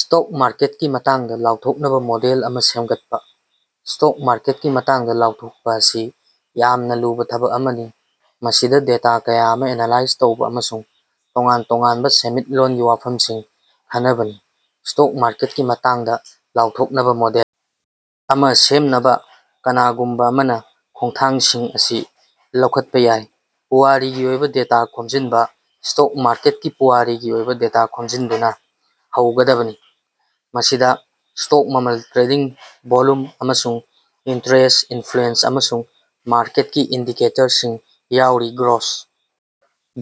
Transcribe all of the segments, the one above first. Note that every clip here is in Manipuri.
ꯁ꯭ꯇꯣꯛ ꯃꯥꯔꯀꯦꯠꯀꯤ ꯃꯇꯥꯡꯗꯥ ꯂꯥꯎꯊꯣꯛꯅꯕꯥ ꯃꯣꯗꯦꯜ ꯑꯃꯥ ꯁꯦꯝꯒꯠꯄꯥ꯫ ꯁ꯭ꯇꯣꯛ ꯃꯥꯔꯀꯦꯠꯀꯤ ꯃꯇꯥꯡꯗꯥ ꯂꯥꯎꯊꯣꯛꯄꯥ ꯑꯁꯤ ꯌꯥꯝꯅ ꯂꯨꯕꯥ ꯊꯕꯛ ꯑꯃꯅꯤ ꯃꯁꯤꯗꯥ ꯗꯦꯇꯥ ꯀꯌꯥ ꯑꯃꯥ ꯑꯦꯅꯥꯂꯥꯏꯖ ꯇꯧꯕ ꯑꯃꯁꯨꯡ ꯇꯣꯉꯥꯟ ꯇꯣꯉꯥꯟꯕꯥ ꯁꯦꯟꯃꯤꯠꯂꯣꯟꯒꯤ ꯋꯥꯐꯝꯁꯤꯡ ꯈꯟꯅꯕꯅꯤ꯫ ꯁ꯭ꯇꯣꯛ ꯃꯥꯔꯀꯦꯠꯀꯤ ꯃꯇꯥꯡꯗꯥ ꯂꯥꯎꯊꯣꯛꯅꯕꯥ ꯃꯣꯗꯦꯜ ꯑꯃꯥ ꯁꯦꯝꯅꯕꯥ, ꯀꯅꯥꯒꯨꯝꯕꯥ ꯑꯃꯅꯥ ꯈꯣꯡꯊꯥꯡꯁꯤꯡ ꯑꯁꯤ ꯂꯧꯈꯠꯄꯥ ꯌꯥꯏ ꯄꯨꯋꯥꯔꯤꯒꯤ ꯑꯣꯏꯕ ꯗꯦꯇꯥ ꯈꯣꯝꯖꯤꯟꯕ ꯁ꯭ꯇꯣꯛ ꯃꯥꯔꯀꯦꯠꯀꯤ ꯄꯨꯋꯥꯔꯤꯒꯤ ꯑꯣꯏꯕꯥ ꯗꯦꯇꯥ ꯈꯣꯝꯖꯤꯟꯗꯨꯅꯥ ꯍꯧꯒꯗꯕꯅꯤ, ꯃꯁꯤꯗꯥ ꯁ꯭ꯇꯣꯛ ꯃꯃꯜ, ꯇ꯭ꯔꯦꯗꯤꯡ ꯚꯣꯜꯌꯨꯝ, ꯑꯃꯁꯨꯡ ꯏꯟꯇꯔꯦꯁ꯭ꯠ, ꯏꯅꯐ꯭ꯂꯦꯁꯟ, ꯑꯃꯁꯨꯡ ꯃꯥꯔꯀꯦꯠꯀꯤ ꯏꯟꯗꯤꯀꯦꯇꯔꯁꯤꯡ ꯌꯥꯎꯔꯤ꯫ ꯒ꯭ꯔꯣꯁ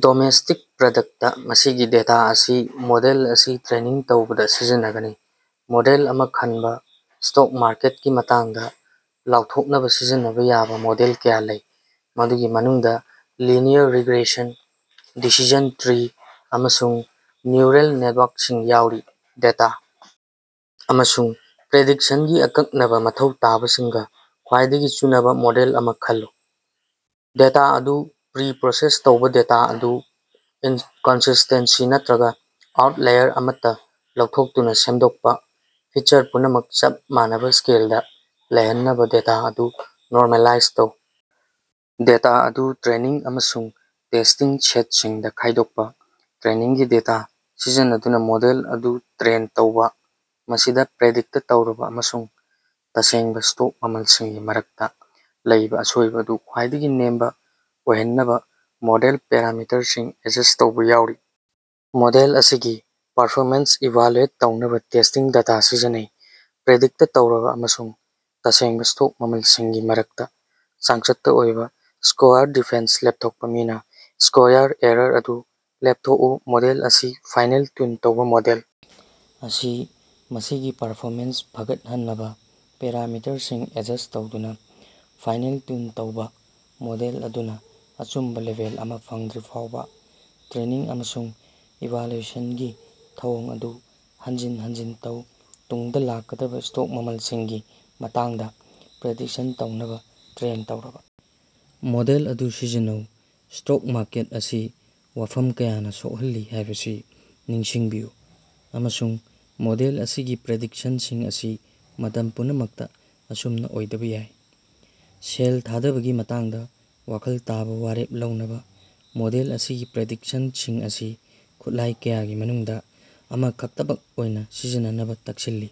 ꯗꯣꯃꯦꯁꯇꯤꯛ ꯄ꯭ꯔꯗꯛꯇ ꯃꯁꯤꯒꯤ ꯗꯦꯇꯥ ꯑꯁꯤ ꯃꯣꯗꯦꯜ ꯑꯁꯤ ꯇ꯭ꯔꯦꯅꯤꯡ ꯇꯧꯕꯗꯥ ꯁꯤꯖꯤꯟꯅꯒꯅꯤ꯫ ꯃꯣꯗꯦꯜ ꯑꯃꯥ ꯈꯟꯕ ꯁ꯭ꯇꯣꯛ ꯃꯥꯔꯀꯦꯠꯀꯤ ꯃꯇꯥꯡꯗꯥ ꯂꯥꯎꯊꯣꯛꯅꯕꯥ ꯁꯤꯖꯤꯟꯅꯕꯥ ꯌꯥꯕ ꯃꯣꯗꯦꯜ ꯀꯌꯥ ꯂꯩ, ꯃꯗꯨꯒꯤ ꯃꯅꯨꯡꯗꯥ ꯂꯤꯅꯤꯌꯔ ꯔꯤꯒ꯭ꯔꯦꯁꯟ, ꯗꯤꯁꯤꯖꯟ ꯇ꯭ꯔꯤ, ꯑꯃꯁꯨꯡ ꯅ꯭ꯌꯨꯔꯜ ꯅꯦꯠꯋꯥꯔꯛ ꯁꯤꯡ ꯌꯥꯎꯔꯤ꯫ ꯗꯦꯇꯥ ꯑꯃꯁꯨꯡ ꯄ꯭ꯔꯤꯗꯤꯛꯁꯟꯒꯤ ꯑꯀꯛꯅꯕꯥ ꯃꯊꯧ ꯇꯥꯕꯁꯤꯡꯒꯥ ꯈ꯭ꯋꯥꯏꯗꯒꯤ ꯆꯨꯅꯕꯥ ꯃꯣꯗꯦꯜ ꯑꯃꯥ ꯈꯜꯂꯨ꯫ ꯗꯦꯇꯥ ꯑꯗꯨ ꯄ꯭ꯔꯤ ꯄ꯭ꯔꯣꯁꯦꯁ ꯇꯧꯕ ꯗꯦꯇꯥ ꯑꯗꯨ ꯏꯟꯀꯟꯁꯤꯁ꯭ꯇꯦꯟꯁꯤ ꯅꯠꯇ꯭ꯔꯒꯥ ꯑꯥꯎꯠꯂꯥꯏꯔ ꯑꯃꯠꯇꯥ ꯂꯧꯊꯣꯛꯇꯨꯅꯥ ꯁꯦꯡꯗꯣꯛꯄꯥ꯫ ꯐꯤꯆꯔ ꯄꯨꯝꯅꯃꯛ ꯆꯞ ꯃꯥꯟꯅꯕꯥ ꯁ꯭ꯀꯦꯂꯗꯥ ꯂꯩꯍꯟꯅꯕꯥ ꯗꯦꯇꯥ ꯑꯗꯨ ꯅꯣꯔꯃꯦꯂꯥꯏꯖ ꯇꯧ꯫ ꯗꯦꯇꯥ ꯑꯗꯨ ꯇ꯭ꯔꯦꯅꯤꯡ ꯑꯃꯁꯨꯡ ꯇꯦꯁ꯭ꯇꯤꯡ ꯁꯦꯠꯁꯤꯡꯗꯥ ꯈꯥꯏꯗꯣꯛꯄꯥ꯫ ꯇ꯭ꯔꯦꯅꯤꯡꯒꯤ ꯗꯦꯇꯥ ꯁꯤꯖꯤꯟꯅꯗꯨꯅꯥ ꯃꯣꯗꯦꯜ ꯑꯗꯨ ꯇ꯭ꯔꯦꯟ ꯇꯧꯕꯥ꯫ ꯃꯁꯤꯗꯥ ꯄ꯭ꯔꯤꯗꯤꯛꯇ ꯇꯧꯔꯕꯥ ꯑꯃꯁꯨꯡ ꯇꯁꯦꯡꯕꯥ ꯁ꯭ꯇꯣꯛ ꯃꯃꯜꯁꯤꯡꯒꯤ ꯃꯔꯛꯇꯥ ꯂꯩꯕ ꯑꯁꯣꯏꯕꯥ ꯑꯗꯨ ꯈ꯭ꯋꯥꯏꯗꯒꯤ ꯅꯦꯝꯕꯥ ꯑꯣꯏꯍꯟꯅꯕꯥ ꯃꯣꯗꯦꯜ ꯄꯦꯔꯥꯃꯤꯇꯔꯁꯤꯡ ꯑꯦꯗꯖꯁ꯭ꯠ ꯇꯧꯕꯥ ꯌꯥꯎꯔꯤ꯫ ꯃꯣꯗꯦꯜ ꯑꯁꯤꯒꯤ ꯄꯔꯐꯣꯃꯦꯟꯁ ꯏꯚꯥꯂꯨꯑꯦꯠ ꯇꯧꯅꯕꯥ ꯇꯦꯁ꯭ꯇꯤꯡ ꯗꯦꯇꯥ ꯁꯤꯖꯤꯟꯅꯧ꯫ ꯄ꯭ꯔꯤꯗꯤꯛꯇ ꯇꯧꯔꯕꯥ ꯑꯃꯁꯨꯡ ꯇꯁꯦꯡꯕꯥ ꯁ꯭ꯇꯣꯛ ꯃꯃꯜꯁꯤꯡꯒꯤ ꯃꯔꯛꯇꯥ ꯆꯥꯡꯆꯠꯇꯥ ꯑꯣꯏꯕ ꯁ꯭ꯀꯣꯌꯥꯔ ꯗꯤꯐꯦꯟꯁ ꯑꯗꯨ ꯂꯦꯞꯊꯣꯛꯄꯥ ꯃꯤꯟ ꯁ꯭ꯀꯣꯌꯥꯔ ꯑꯦꯔꯥꯔ ꯑꯗꯨ ꯂꯦꯞꯊꯣꯛꯎ꯫ ꯃꯣꯗꯦꯜ ꯑꯁꯤ ꯐꯥꯏꯅꯦꯜ ꯇ꯭ꯌꯨꯟ ꯇꯧꯕ ꯃꯣꯗꯦꯜ ꯑꯁꯤ ꯃꯁꯤꯒꯤ ꯄꯔꯐꯣꯃꯦꯟꯁ ꯐꯒꯠꯍꯟꯅꯕꯥ ꯄꯦꯔꯥꯃꯤꯇꯔꯁꯤꯡ ꯑꯦꯗꯖꯁ꯭ꯠ ꯇꯧꯗꯨꯅꯥ ꯐꯥꯏꯅꯦꯜ ꯇ꯭ꯌꯨꯟ ꯇꯧꯕ꯫ ꯃꯣꯗꯦꯜ ꯑꯗꯨꯅꯥ ꯑꯆꯨꯝꯕꯥ ꯂꯦꯚꯦꯜ ꯑꯃꯥ ꯐꯪꯗ꯭ꯔꯤꯐꯥꯎꯕꯥ ꯇ꯭ꯔꯦꯅꯤꯡ ꯑꯃꯁꯨꯡ ꯏꯚꯥꯜꯌꯨꯑꯦꯁꯟꯒꯤ ꯊꯧꯑꯣꯡ ꯑꯗꯨ ꯍꯟꯖꯤꯟ ꯍꯟꯖꯤꯟ ꯇꯧ꯫ ꯇꯨꯡꯗꯥ ꯂꯥꯛꯀꯗꯕꯥ ꯁ꯭ꯇꯣꯛ ꯃꯃꯜꯁꯤꯡꯒꯤ ꯃꯇꯥꯡꯗꯥ ꯄ꯭ꯔꯤꯗꯤꯛꯁꯟ ꯇꯧꯅꯕꯥ ꯇ꯭ꯔꯦꯟ ꯇꯧꯔꯕꯥ ꯃꯣꯗꯦꯜ ꯑꯗꯨ ꯁꯤꯖꯤꯟꯅꯧ꯫ ꯁ꯭ꯇꯣꯛ ꯃꯥꯔꯀꯦꯠ ꯑꯁꯤ ꯋꯥꯐꯝ ꯀꯌꯥꯅꯥ ꯁꯣꯛꯍꯜꯂꯤ ꯍꯥꯏꯕꯁꯤ ꯅꯤꯡꯁꯤꯡꯕꯤꯌꯨ, ꯑꯃꯁꯨꯡ ꯃꯣꯗꯦꯜ ꯑꯁꯤꯒꯤ ꯄ꯭ꯔꯤꯗꯤꯛꯁꯟꯁꯤꯡ ꯑꯁꯤ ꯃꯇꯝ ꯄꯨꯝꯅꯃꯛꯇꯥ ꯑꯁꯨꯝꯅ ꯑꯣꯏꯗꯕꯥ ꯌꯥꯏ꯫ ꯁꯦꯜ ꯊꯥꯗꯕꯒꯤ ꯃꯇꯥꯡꯗꯥ ꯋꯥꯈꯜ ꯇꯥꯕ ꯋꯥꯔꯦꯞ ꯂꯧꯅꯕꯥ ꯃꯣꯗꯦꯜ ꯑꯁꯤꯒꯤ ꯄ꯭ꯔꯤꯗꯤꯛꯁꯟꯁꯤꯡ ꯑꯁꯤ ꯈꯨꯠꯂꯥꯏ ꯀꯌꯥꯒꯤ ꯃꯅꯨꯡꯗꯥ ꯑꯃꯈꯛꯇꯃꯛ ꯑꯣꯏꯅꯥ ꯁꯤꯖꯤꯟꯅꯅꯕꯥ ꯇꯛꯁꯤꯜꯂꯤ꯫